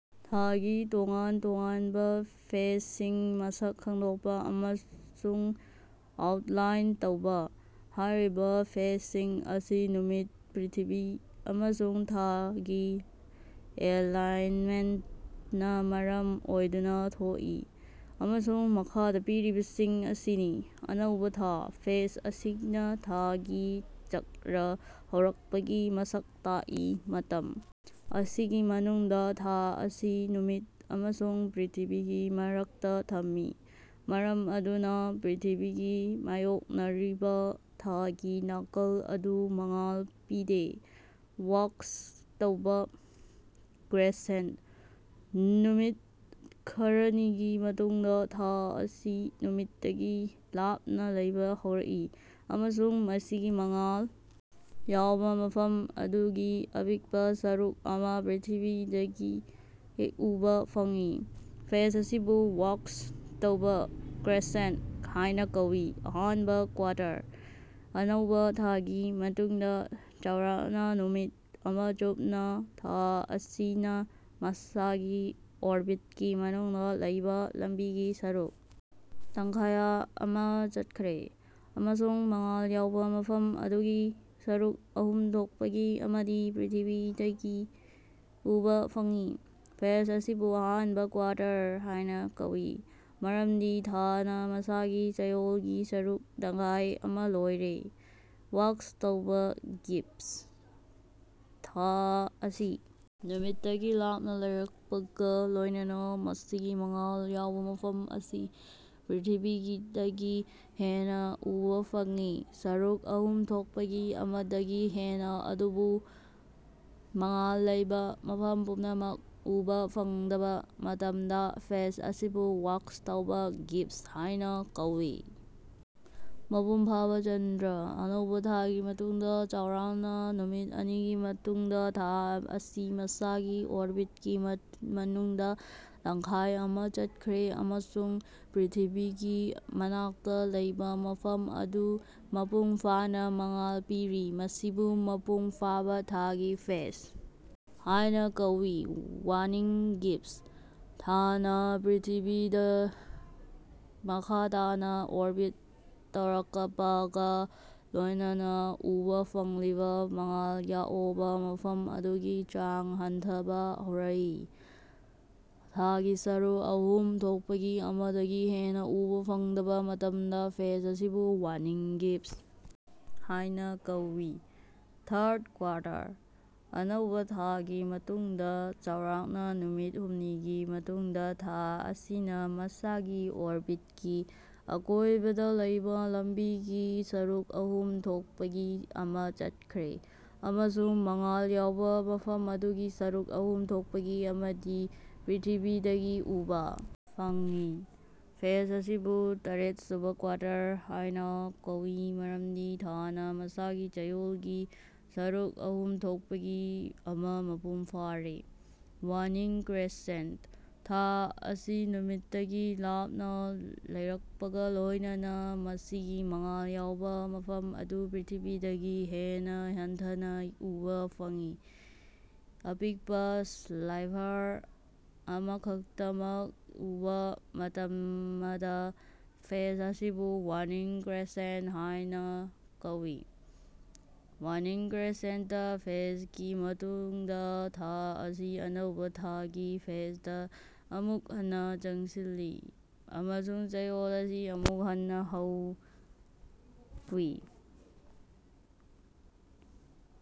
ꯊꯥꯒꯤ ꯇꯣꯉꯥꯟ-ꯇꯣꯉꯥꯟꯕꯥ ꯐꯦꯖꯁꯤꯡ ꯃꯁꯛ ꯈꯪꯗꯣꯛꯄꯥ ꯑꯃꯁꯨꯡ ꯑꯥꯎꯠꯂꯥꯏꯟ ꯇꯧꯕꯥ꯫ ꯍꯥꯏꯔꯤꯕꯥ ꯐꯦꯖꯁꯤꯡ ꯑꯁꯤ ꯅꯨꯃꯤꯠ ꯄ꯭ꯔ꯭ꯤꯊꯤꯕꯤ ꯑꯃꯁꯨꯡ ꯊꯥꯒꯤ ꯑꯦꯂꯥꯏꯟꯃꯦꯟꯇꯅꯥ ꯃꯔꯝ ꯑꯣꯏꯗꯨꯅꯥ ꯊꯣꯛꯏ꯫, ꯑꯃꯁꯨꯡ ꯃꯈꯥꯗꯥ ꯄꯤꯔꯤꯕꯁꯤꯡ ꯑꯁꯤꯅꯤ: ꯑꯅꯧꯕꯥ ꯊꯥ: ꯐꯦꯖ ꯑꯁꯤꯅꯥ ꯊꯥꯒꯤ ꯆꯛꯔ ꯍꯧꯔꯛꯄꯒꯤ ꯃꯁꯛ ꯇꯥꯛꯏ꯫ ꯃꯇꯝ ꯑꯁꯤꯒꯤ ꯃꯅꯨꯡꯗꯥ ꯊꯥ ꯑꯁꯤ ꯅꯨꯃꯤꯠ ꯑꯃꯁꯨꯡ ꯄ꯭ꯔ꯭ꯤꯊꯤꯕꯤꯒꯤ ꯃꯔꯛꯇꯥ ꯊꯝꯃꯤ꯫ ꯃꯔꯝ ꯑꯗꯨꯅꯥ ꯄ꯭ꯔ꯭ꯤꯊꯤꯕꯤꯒꯤ ꯃꯥꯌꯣꯛꯅꯔꯤꯕꯥ ꯊꯥꯒꯤ ꯅꯥꯀꯜ ꯑꯗꯨ ꯃꯉꯥꯜ ꯄꯤꯗꯦ꯫ ꯋꯥꯛꯁ ꯇꯧꯕꯥ ꯀ꯭ꯔꯦꯁꯦꯟꯇ: ꯅꯨꯃꯤꯠ ꯈꯔꯅꯤꯒꯤ ꯃꯇꯨꯡꯗꯥ ꯊꯥ ꯑꯁꯤ ꯅꯨꯃꯤꯠꯇꯒꯤ ꯂꯥꯞꯅꯥ ꯂꯩꯕꯥ ꯍꯧꯔꯛꯏ꯫ ꯑꯃꯁꯨꯡ ꯃꯁꯤꯒꯤ ꯃꯉꯥꯜ ꯌꯥꯎꯕꯥ ꯃꯐꯝ ꯑꯗꯨꯒꯤ ꯑꯄꯤꯛꯄꯥ ꯁꯔꯨꯛ ꯑꯃꯥ ꯄ꯭ꯔ꯭ꯤꯊꯤꯕꯤꯗꯒꯤ ꯎꯕꯥ ꯐꯪꯏ꯫ ꯐꯦꯖ ꯑꯁꯤꯕꯨ ꯋꯥꯛꯁ ꯇꯧꯕꯥ ꯀ꯭ꯔꯦꯁꯦꯟꯇ ꯍꯥꯏꯅꯥ ꯀꯧꯏ꯫ ꯑꯍꯥꯟꯕꯥ ꯀ꯭ꯋꯥꯔꯇꯔ: ꯑꯅꯧꯕꯥ ꯊꯥꯒꯤ ꯃꯇꯨꯡꯗꯥ ꯆꯥꯎꯔꯥꯛꯅꯥ ꯅꯨꯃꯤꯠ ꯑꯃꯥ ꯆꯨꯞꯅꯥ ꯊꯥ ꯑꯁꯤꯅꯥ ꯃꯁꯥꯒꯤ ꯑꯣꯔꯕꯤꯠꯀꯤ ꯃꯅꯨꯡꯗꯥ ꯂꯩꯕꯥ ꯂꯝꯕꯤꯒꯤ ꯁꯔꯨꯛ ꯇꯪꯈꯥꯌ ꯑꯃꯥ ꯆꯠꯈ꯭ꯔꯦ꯫ꯑꯃꯁꯨꯡ ꯃꯉꯥꯜ ꯌꯥꯎꯕꯥ ꯃꯐꯝ ꯑꯗꯨꯒꯤ ꯁꯔꯨꯛ ꯑꯍꯨꯝ ꯊꯣꯛꯄꯒꯤ ꯑꯃꯗꯤ ꯄ꯭ꯔ꯭ꯤꯊꯤꯕꯤꯗꯒꯤ ꯎꯕꯥ ꯐꯪꯏ꯫ ꯐꯦꯖ ꯑꯁꯤꯕꯨ ꯑꯍꯥꯟꯕꯥ ꯀ꯭ꯋꯥꯔꯇꯔ ꯍꯥꯏꯅꯥ ꯀꯧꯏ꯫ ꯃꯔꯝꯗꯤ ꯊꯥꯅꯥ ꯃꯁꯥꯒꯤ ꯆꯌꯣꯜꯒꯤ ꯁꯔꯨꯛ ꯇꯪꯈꯥꯏ ꯑꯃꯥ ꯂꯣꯏꯔꯦ꯫ ꯋꯥꯛꯁ ꯇꯧꯕꯥ ꯒꯤꯕꯁ: ꯊꯥ ꯑꯁꯤ ꯅꯨꯃꯤꯠꯇꯒꯤ ꯂꯥꯞꯅꯥ ꯂꯩꯔꯛꯄꯒꯥ ꯂꯣꯏꯅꯅꯥ ꯃꯁꯤꯒꯤ ꯃꯉꯥꯜ ꯌꯥꯎꯕꯥ ꯃꯐꯝ ꯑꯁꯤ ꯄ꯭ꯔ꯭ꯤꯊꯤꯕꯤꯗꯒꯤ ꯍꯦꯟꯅꯥ ꯎꯕꯥ ꯐꯪꯏ꯫ ꯁꯔꯨꯛ ꯑꯍꯨꯝ ꯊꯣꯛꯄꯒꯤ ꯑꯃꯗꯒꯤ ꯍꯦꯟꯅꯥ ꯑꯗꯨꯕꯨ ꯃꯉꯥꯜ ꯂꯩꯕꯥ ꯃꯐꯝ ꯄꯨꯝꯅꯃꯛ ꯎꯕꯥ ꯐꯪꯗꯕꯥ ꯃꯇꯝꯗꯥ ꯐꯦꯖ ꯑꯁꯤꯕꯨ ꯋꯥꯛꯁ ꯇꯧꯕꯥ ꯒꯤꯕꯁ ꯍꯥꯏꯅꯥ ꯀꯧꯏ꯫ ꯃꯄꯨꯡ ꯐꯥꯕꯥ ꯆꯟꯗ꯭ꯔ: ꯑꯅꯧꯕꯥ ꯊꯥꯒꯤ ꯃꯇꯨꯡꯗꯥ ꯆꯥꯎꯔꯥꯛꯅꯥ ꯅꯨꯃꯤꯠ ꯑꯅꯤꯒꯤ ꯃꯇꯨꯡꯗꯥ ꯊꯥ ꯑꯁꯤ ꯃꯁꯥꯒꯤ ꯑꯣꯔꯕꯤꯠꯀꯤ ꯃꯅꯨꯡꯗꯥ ꯇꯪꯈꯥꯏ ꯑꯃꯥ ꯆꯠꯈ꯭ꯔꯦ ꯑꯃꯁꯨꯡ ꯄ꯭ꯔ꯭ꯤꯊꯤꯕꯤꯒꯤ ꯃꯅꯥꯛꯇꯥ ꯂꯩꯕꯥ ꯃꯐꯝ ꯑꯗꯨ ꯃꯄꯨꯡ ꯐꯥꯅꯥ ꯃꯉꯥꯜ ꯄꯤꯔꯦ꯫ ꯃꯁꯤꯕꯨ ꯃꯄꯨꯡ ꯐꯥꯕꯥ ꯊꯥꯒꯤ ꯐꯦꯖ ꯍꯥꯏꯅꯥ ꯀꯧꯏ꯫ ꯋꯥꯅꯤꯡ ꯒꯤꯕꯁ: ꯊꯥꯅꯥ ꯄ꯭ꯔ꯭ꯤꯊꯤꯕꯤꯗꯥ ꯃꯈꯥ ꯇꯥꯅꯥ ꯑꯣꯔꯕꯤꯠ ꯇꯧꯔꯀꯄꯒꯥ ꯂꯣꯏꯅꯅꯥ ꯎꯕꯥ ꯐꯪꯂꯤꯕꯥ ꯃꯉꯥꯜ ꯌꯥꯑꯣꯕꯥ ꯃꯐꯝ ꯑꯗꯨꯒꯤ ꯆꯥꯡ ꯍꯟꯊꯕꯥ ꯍꯧꯔꯛꯏ꯫ ꯊꯥꯒꯤ ꯁꯔꯨꯛ ꯑꯍꯨꯝ ꯊꯣꯛꯄꯒꯤ ꯑꯃꯗꯒꯤ ꯍꯦꯟꯅꯥ ꯎꯕꯥ ꯐꯪꯗꯕꯥ ꯃꯇꯝꯗꯥ ꯐꯦꯖ ꯑꯁꯤꯕꯨ ꯋꯥꯅꯤꯡ ꯒꯤꯕꯁ ꯍꯥꯏꯅꯥ ꯀꯧꯏ꯫ ꯊꯥꯔꯗ ꯀ꯭ꯋꯥꯔꯇꯔ: ꯑꯅꯧꯕꯥ ꯊꯥꯒꯤ ꯃꯇꯨꯡꯗꯥ ꯆꯥꯎꯔꯥꯛꯅꯥ ꯅꯨꯃꯤꯠ ꯍꯨꯝꯅꯤꯒꯤ ꯃꯇꯨꯡꯗꯥ ꯊꯥ ꯑꯁꯤꯅꯥ ꯃꯁꯥꯒꯤ ꯑꯣꯔꯕꯤꯠꯀꯤ ꯑꯀꯣꯏꯕꯗꯥ ꯂꯩꯕꯥ ꯂꯝꯕꯤꯒꯤ ꯁꯔꯨꯛ ꯑꯍꯨꯝ ꯊꯣꯛꯄꯒꯤ ꯑꯃꯥ ꯆꯠꯈ꯭ꯔꯦ꯫ꯑꯃꯁꯨꯡ ꯃꯉꯥꯜ ꯌꯥꯎꯕꯥ ꯃꯐꯝ ꯑꯗꯨꯒꯤ ꯁꯔꯨꯛ ꯑꯍꯨꯝ ꯊꯣꯛꯄꯒꯤ ꯑꯃꯗꯤ ꯄ꯭ꯔ꯭ꯤꯊꯤꯕꯤꯗꯒꯤ ꯎꯕꯥ ꯐꯪꯏ꯫ ꯐꯦꯖ ꯑꯁꯤꯕꯨ ꯇꯔꯦꯠꯁꯨꯕꯥ ꯀ꯭ꯋꯥꯔꯇꯔ ꯍꯥꯏꯅꯥ ꯀꯧꯏ ꯃꯔꯝꯗꯤ ꯊꯥꯅꯥ ꯃꯁꯥꯒꯤ ꯆꯌꯣꯜꯒꯤ ꯁꯔꯨꯛ ꯑꯍꯨꯝ ꯊꯣꯛꯄꯒꯤ ꯑꯃꯥ ꯃꯄꯨꯡ ꯐꯥꯔꯦ꯫ ꯋꯥꯅꯤꯡ ꯀ꯭ꯔꯦꯁꯦꯟꯇ: ꯊꯥ ꯑꯁꯤ ꯅꯨꯃꯤꯠꯇꯒꯤ ꯂꯥꯞꯅꯥ ꯂꯩꯔꯛꯄꯒꯥ ꯂꯣꯏꯅꯅꯥ ꯃꯁꯤꯒꯤ ꯃꯉꯥꯜ ꯌꯥꯎꯕꯥ ꯃꯐꯝ ꯑꯗꯨ ꯄ꯭ꯔ꯭ꯤꯊꯤꯕꯤꯗꯒꯤ ꯍꯦꯟꯅꯥ ꯍꯟꯊꯅꯥ ꯎꯕꯥ ꯐꯪꯏ꯫ ꯑꯄꯤꯛꯄꯥ ꯁ꯭ꯂꯥꯏꯚꯔ ꯑꯃꯈꯛꯇꯃꯛ ꯎꯕꯥ ꯃꯇꯃꯗꯥ, ꯐꯦꯖ ꯑꯁꯤꯕꯨ ꯋꯥꯅꯤꯡ ꯀ꯭ꯔꯦꯁꯦꯟꯇ ꯍꯥꯌꯅꯥ ꯀꯧꯏ꯫ ꯋꯥꯅꯤꯡ ꯀ꯭ꯔꯦꯁꯦꯟꯇ ꯐꯦꯖꯒꯤ ꯃꯇꯨꯡꯗꯥ ꯊꯥ ꯑꯁꯤ ꯑꯅꯧꯕꯥ ꯊꯥꯒꯤ ꯐꯦꯖꯗꯥ ꯑꯃꯨꯛ ꯍꯟꯅꯥ ꯆꯪꯁꯤꯜꯂꯤ, ꯑꯃꯁꯨꯡ ꯆꯌꯣꯜ ꯑꯁꯤ ꯑꯃꯨꯛ ꯍꯟꯅꯥ ꯍꯧꯏ꯫।